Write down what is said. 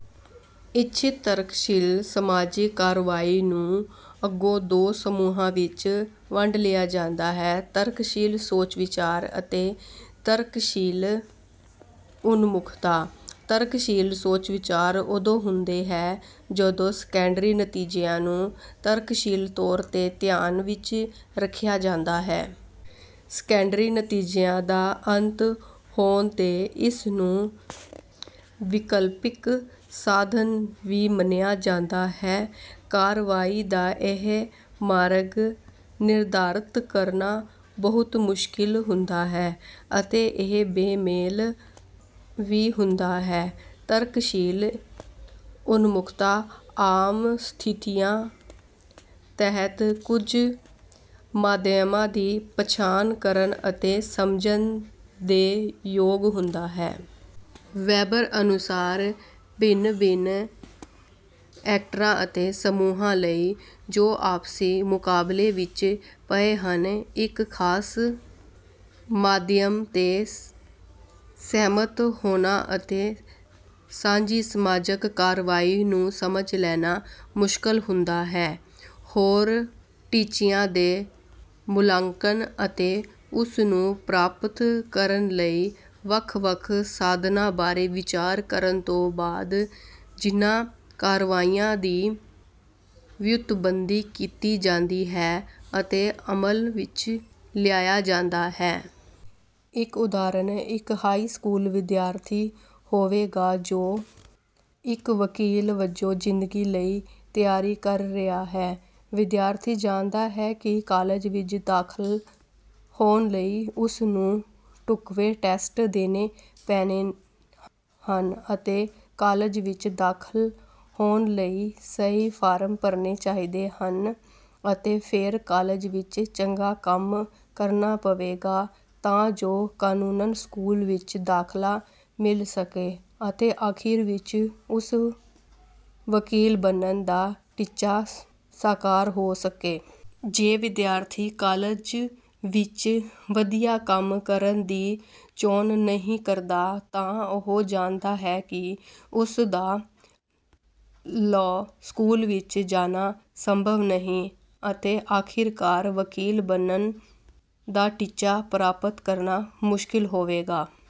ਇਛਿਤ ਤਰਕਸ਼ੀਲ ਸਮਾਜਿਕ ਕਾਰਵਾਈ ਨੂੰ ਅੱਗੋਂ ਦੋ ਸਮੂਹਾਂ ਵਿਚ ਵੰਡ ਲਿਆ ਜਾਂਦਾ ਹੈ: ਤਰਕਸ਼ੀਲ ਸੋਚ-ਵਿਚਾਰ ਅਤੇ ਤਰਕਸ਼ੀਲ ਉਨਮੁਖਤਾ। ਤਰਕਸ਼ੀਲ ਸੋਚ-ਵਿਚਾਰ ਉਦੋਂ ਹੁੰਦੀ ਹੈ ਜਦੋਂ ਸੈਕੰਡਰੀ ਨਤੀਜਿਆਂ ਨੂੰ ਤਰਕਸ਼ੀਲ ਤੌਰ ਤੇ ਧਿਆਨ ਵਿੱਚ ਰੱਖਿਆ ਜਾਂਦਾ ਹੈ। ਸੈਕੰਡਰੀ ਨਤੀਜਿਆਂ ਦਾ ਅੰਤ ਹੋਣ ਤੇ ਇਸ ਨੂੰ ਵਿਕਲਪਿਕ ਸਾਧਨ ਵੀ ਮੰਨਿਆ ਜਾਂਦਾ ਹੈ। ਕਾਰਵਾਈ ਦਾ ਇਹ ਮਾਰਗ ਨਿਰਧਾਰਤ ਕਰਨਾ ਬਹੁਤ ਮੁਸ਼ਕਿਲ ਹੁੰਦਾ ਹੈ ਅਤੇ ਇਹ ਬੇਮੇਲ ਵੀ ਹੁੰਦਾ ਹੈ। ਤਰਕਸ਼ੀਲ ਉਨਮੁਖਤਾ ਆਮ ਸਥਿਤੀਆਂ ਤਹਿਤ ਕੁਝ ਮਾਧਿਅਮਾਂ ਦੀ ਪਛਾਣ ਕਰਨ ਅਤੇ ਸਮਝਣ ਦੇ ਯੋਗ ਹੋਣਾ ਹੈ। ਵੈਬਰ ਅਨੁਸਾਰ, ਭਿੰਨ ਭਿੰਨ ਐਕਟਰਾਂ ਅਤੇ ਸਮੂਹਾਂ ਲਈ, ਜੋ ਆਪਸੀ ਮੁਕਾਬਲੇ ਵਿੱਚ ਪਏ ਹਨ, ਇੱਕ ਖਾਸ ਮਾਧਿਅਮ ਤੇ ਸਹਿਮਤ ਹੋਣਾ ਅਤੇ ਸਾਂਝੀ ਸਮਾਜਕ ਕਾਰਵਾਈ ਨੂੰ ਸਮਝ ਲੈਣਾ ਮੁਸ਼ਕਲ ਹੁੰਦਾ ਹੈ; ਹੋਰ ਟੀਚਿਆਂ ਦੇ ਮੁਲੰਕਣ ਅਤੇ ਉਸ ਨੂੰ ਪ੍ਰਾਪਤ ਕਰਨ ਲਈ ਵੱਖ ਵੱਖ ਸਾਧਨਾਂ ਬਾਰੇ ਵਿਚਾਰ ਕਰਨ ਤੋਂ ਬਾਅਦ ਜਿਨ੍ਹਾਂ ਕਾਰਵਾਈਆਂ ਦੀ ਵਿਉਂਤਬੰਦੀ ਕੀਤੀ ਜਾਂਦੀ ਹੈ ਅਤੇ ਅਮਲ ਵਿੱਚ ਲਿਆਇਆ ਜਾਂਦਾ ਹੈ। ਇੱਕ ਉਦਾਹਰਣ ਇੱਕ ਹਾਈ ਸਕੂਲ ਵਿਦਿਆਰਥੀ ਹੋਵੇਗਾ ਜੋ ਇੱਕ ਵਕੀਲ ਵਜੋਂ ਜ਼ਿੰਦਗੀ ਲਈ ਤਿਆਰੀ ਕਰ ਰਿਹਾ ਹੈ। ਵਿਦਿਆਰਥੀ ਜਾਣਦਾ ਹੈ ਕਿ ਕਾਲਜ ਵਿਚ ਦਾਖ਼ਲ ਹੋਣ ਲਈ ਉਸ ਨੂੰ ਢੁਕਵੇਂ ਟੈੱਸਟ ਦੇਣੇ ਪੈਣੇ ਹਨ ਅਤੇ ਕਾਲਜ ਵਿਚ ਦਾਖ਼ਲ ਹੋਣ ਲਈ ਸਹੀ ਫਾਰਮ ਭਰਨੇ ਚਾਹੀਦੇ ਹਨ ਅਤੇ ਫਿਰ ਕਾਲਜ ਵਿਚ ਚੰਗਾ ਕੰਮ ਕਰਨਾ ਪਵੇਗਾ ਤਾਂ ਜੋ ਕਾਨੂੰਨ ਸਕੂਲ ਵਿਚ ਦਾਖ਼ਲਾ ਮਿਲ ਸਕੇ ਅਤੇ ਆਖਿਰ ਵਿਚ ਉਸ ਵਕੀਲ ਬਣਨ ਦਾ ਟੀਚਾ ਸਾਕਾਰ ਹੋ ਸਕੇ। ਜੇ ਵਿਦਿਆਰਥੀ ਕਾਲਜ ਵਿਚ ਵਧੀਆ ਕੰਮ ਕਰਨ ਦੀ ਚੋਣ ਨਹੀਂ ਕਰਦਾ, ਤਾਂ ਉਹ ਜਾਣਦਾ ਹੈ ਕਿ ਉਸਦਾ ਲਾਅ ਸਕੂਲ ਵਿਚ ਜਾਣਾ ਸੰਭਵ ਨਹੀਂ ਅਤੇ ਆਖਿਰਕਾਰ ਵਕੀਲ ਬਣਨ ਦਾ ਟੀਚਾ ਪ੍ਰਾਪਤ ਕਰਨਾ ਮੁਸ਼ਕਲ ਹੋਵੇਗਾ।